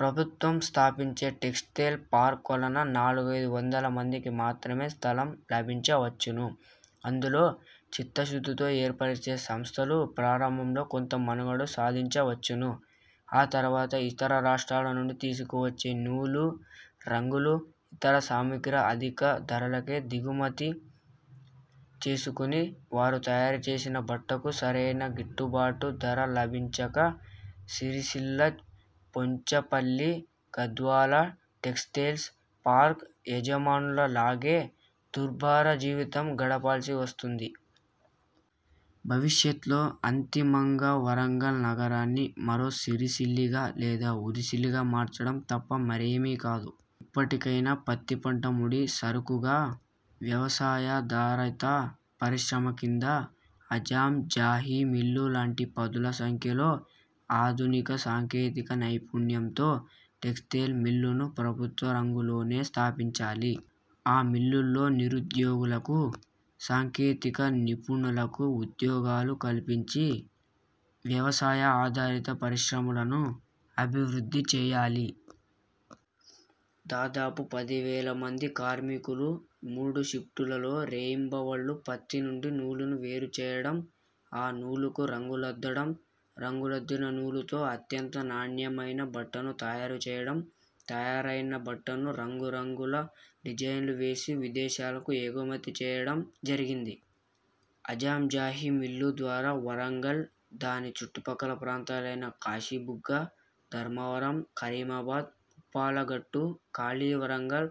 ప్రభుత్వం స్థాపించే textile park వలన నాలుగైదు వందల మందికి మాత్రమే స్థలం లభించవచ్చును. అందులో చిత్తశుద్ధితో ఏర్పరచే సంస్థలు ప్రారంభంలో కొంత మనుగడను సాధించవచ్చును. ఆ తర్వాత ఇతర రాష్ట్రాల నుండి తీసుకువచ్చే నూలు, రంగులు, ఇతర సామాగ్రి అధిక ధరలకు దిగుమతి చేసుకుని, వారు తయారు చేసిన బట్టకు సరియైన గిట్టుబాటు ధర లభించక సిరిసిల్ల, పోచంపల్లి, గద్వాల టెక్స్టైల్స్ పార్క్ల యజమానుల లాగే దుర్భర జీవితం గడపాల్సి వస్తుంది. భవిష్యత్లో అంతిమంగా వరంగల్ నగరాన్ని మరో సిరిసిల్లగా లేదా ఉరిసిల్లగా మార్చడం తప్ప మరేమీ కాదు. ఇప్పటికైనా పత్తిపంట ముడి సరుకుగా వ్యవసాయాధారిత పరిశ్రమ కింద ఆజాంజాహి మిల్లు లాంటి పదుల సంఖ్యలో ఆధునిక సాంకేతిక నైపుణ్యంతో టెక్స్టైల్ మిల్లులను ప్రభుత్వ రంగంలోనే స్థాపించాలి. ఆ మిల్లుల్లో నిరుద్యోగులకు, సాంకేతిక నిపుణులకు ఉద్యోగాలు కల్పించి వ్యవసాయ ఆధారిత పరిశ్రమలను అభివృద్ధి చేయాలి. దాదాపు పదివేల మంది కార్మికులు మూడు షిప్టులలో రేయింబవళ్ళు పత్తి నుండి నూలును తయారు చేయడం, ఆ నూలుకు రంగులద్దడం, రంగులద్దిన నూలుతో అత్యంత నాణ్యమయిన బట్టను తయారు చేయడం, తయారైన బట్టను రంగురంగుల డిజైన్లు వేసి విదేశాలకు ఎగుమతి చేయడం జరిగింది. ఆజాంజాహి మిల్లు ద్వారా వరంగల్, దాని చుట్టుపక్కల ప్రాంతాలయిన కాశిబుగ్గ, ధర్మారం, కరీమాబాద్, పుప్పాలగుట్ట, ఖీలా వరంగల్,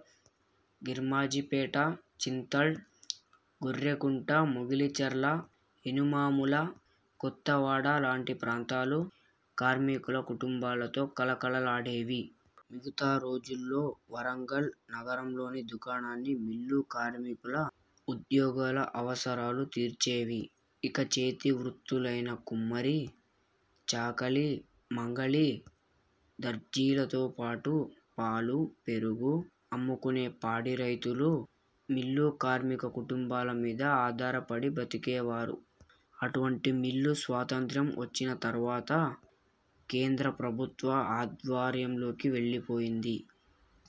గిర్మాజిపేట, చింతల్, గొర్రెకుంట, మొగిలిచర్ల, ఎనమాముల, కొత్తవాడ లాంటి ప్రాంతాలు కార్మికుల కుటుంబాలతో కళకళలాడేవి. మిగతా రోజుల్లో వరంగల్ నగరంలోని దుకాణాలన్నీ మిల్లు కార్మికుల, ఉద్యోగుల అవసరాలు తీర్చేవి. ఇక చేతి వృత్తులయిన కుమ్మరి, చాకలి, మంగలి, దర్జీలతో పాటు, పాలు, పెరుగు అమ్ముకునే పాడి రైతులు మిల్లు కార్మిక కుటుంబాల మీద ఆధారపడి బతికేవారు. అటువంటి మిల్లు స్వాతంత్య్రం వచ్చిన తర్వాత కేంద్ర ప్రభుత్వ ఆధ్వర్యంలోకి వెళ్ళిపోయింది.